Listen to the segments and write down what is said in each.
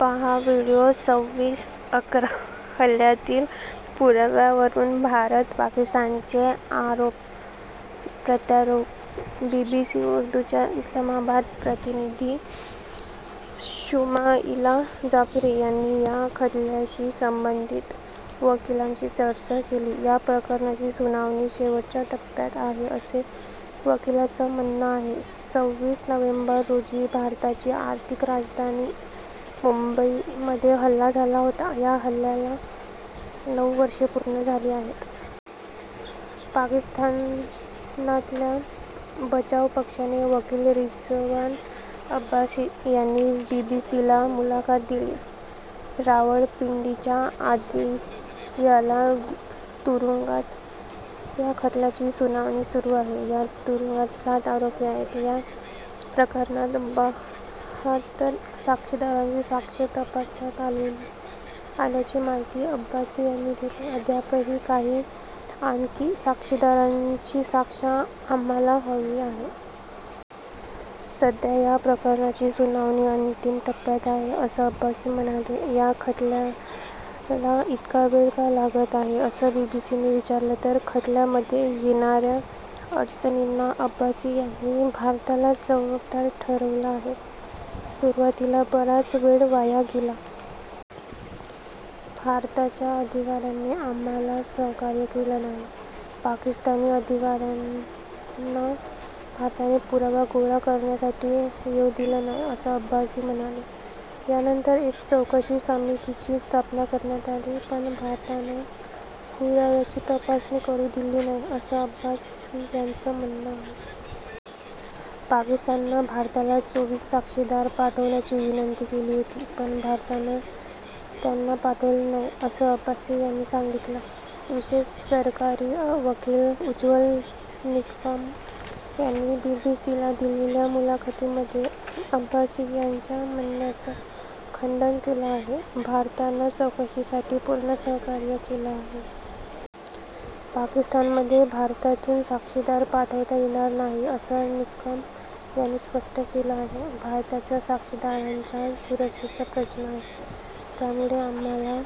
पाहा व्हीडिओ संविस /अकरा हल्ल्यातील पुराव्यांवरून भारत-पाकिस्तानचे आरोप प्रत्यारोप बीबीसी उर्दूच्या इस्लामाबाद प्रतिनिधी शुमाइला जाफरी यांनी या खटल्याशी संबंधित वकिलांशी चर्चा केली या प्रकरणाची सुनावणी शेवटच्या टप्प्यात आहे, असं वकिलांचं म्हणणं आहे. संविस नोव्हेंबर रोजी भारताची आर्थिक राजधानी मुंबईमध्ये हल्ला झाला होता या हल्ल्याला नऊ वर्ष पूर्ण झाली आहेत. पाकिस्तानातल्या बचाव पक्षाचे वकील रिजवान अब्बासी यांनी बीबीसीला मुलाखत दिली. रावळपिंडीच्या अदियाला तुरुंगात या खटल्याची सुनावणी सुरू आहे. याच तुरुंगात सात आरोपी आहेत. या प्रकरणात बहात्तर साक्षीदारांची साक्ष तपासण्यात आल्याची माहिती अब्बासी यांनी दिली अद्यापही काही आणखी साक्षीदारांची साक्ष आम्हाला हवी आहे. सध्या या प्रकरणाची सुनावणी अंतिम टप्प्यात आहे असं अब्बासी म्हणाले. या खटल्याला इतका वेळ का लागत आहे? असं बीबीसीनं विचारलं. या खटल्यामध्ये येणाऱ्या अडचणींना अब्बासी यांनी भारतालाच जबाबदार ठरवलं आहे. सुरुवातीला बराच वेळ वाया गेला. भारताच्या अधिकाऱ्यांनी आम्हाला सहकार्य केलं नाही. पाकिस्तानी अधिकाऱ्यांना भारतात पुरावे गोळा करण्यासाठी येऊ दिलं नाही असं अब्बासी म्हणाले. यानंतर एका चौकशी समितीची स्थापना करण्यात आली. पण भारतानं पुराव्यांची तपासणी करू दिली नाही असं अब्बासी यांचं म्हणणं आहे. पाकिस्ताननं भारताला चोवीस साक्षीदार पाठवण्याची विनंती केली होती पण भारतानं त्यांना पाठवलं नाही असं अब्बासी यांनी सांगितलं. विशेष सरकारी वकील उज्ज्वल निकम यांनी बीबीसीला दिलेल्या मुलाखतीमध्ये अब्बासी यांच्या म्हणण्याचं खंडन केलं आहे. भारतानं चौकशीसाठी पूर्ण सहकार्य केलं आहे. पाकिस्तानमध्ये भारतातून साक्षीदार पाठवता येणार नाहीत असं निकम यांनी स्पष्ट केलं आहे. भारताच्या साक्षीदारांच्या सुरक्षेचा प्रश्न आहे. त्यामुळं आम्हाला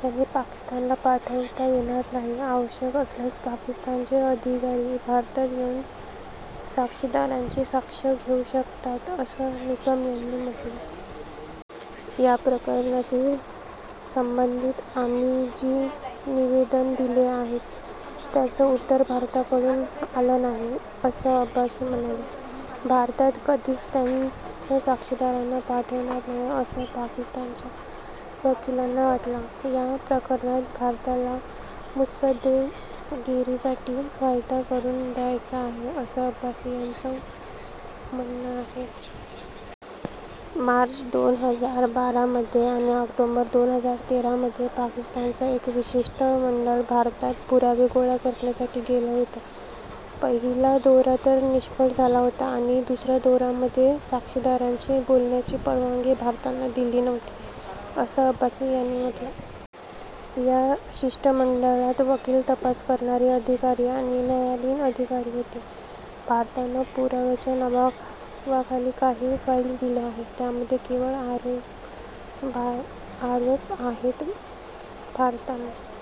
त्यांना पाकिस्तानला पाठवता येणार नाही. आवश्यक असल्यास पाकिस्तानचे अधिकारी भारतात येऊन साक्षीदारांची साक्ष घेऊ शकतात असं निकम यांनी म्हटलं. या प्रकरणाशी संबंधित आम्ही जी निवेदनं दिली आहेत त्यांचं उत्तर भारताकडून आलं नाही असं अब्बासी म्हणाले. भारत कधीच त्यांच्या साक्षीदारांना पाठवणार नाही असं पाकिस्तानच्या वकिलांना वाटतं. या प्रकरणाचा भारताला मुत्सद्देगिरीसाठी फायदा करून घ्यायचा आहे असं अब्बासी यांचं म्हणणं आहे. मार्च दोन हजार बारा मध्ये आणि ऑक्टोबर दोन हजार तेरा मध्ये पाकिस्तानचं एक शिष्टमंडळ भारतात पुरावे गोळा करण्यासाठी गेलं होतं पहिला दौरा तर निष्फळ झाला होता आणि दुसऱ्या दौऱ्यामध्ये साक्षीदारांशी बोलण्याची परवानगी भारतानं दिली नव्हती असं अब्बासी यांनी म्हटलं. या शिष्टमंडळात वकील, तपास करणारे अधिकारी आणि न्यायालयीन अधिकारी होते. भारतानं पुराव्यांच्या नावाखाली काही फाइल्स दिल्या आहेत. त्यामध्ये केवळ आरोप आहेत. भारतानं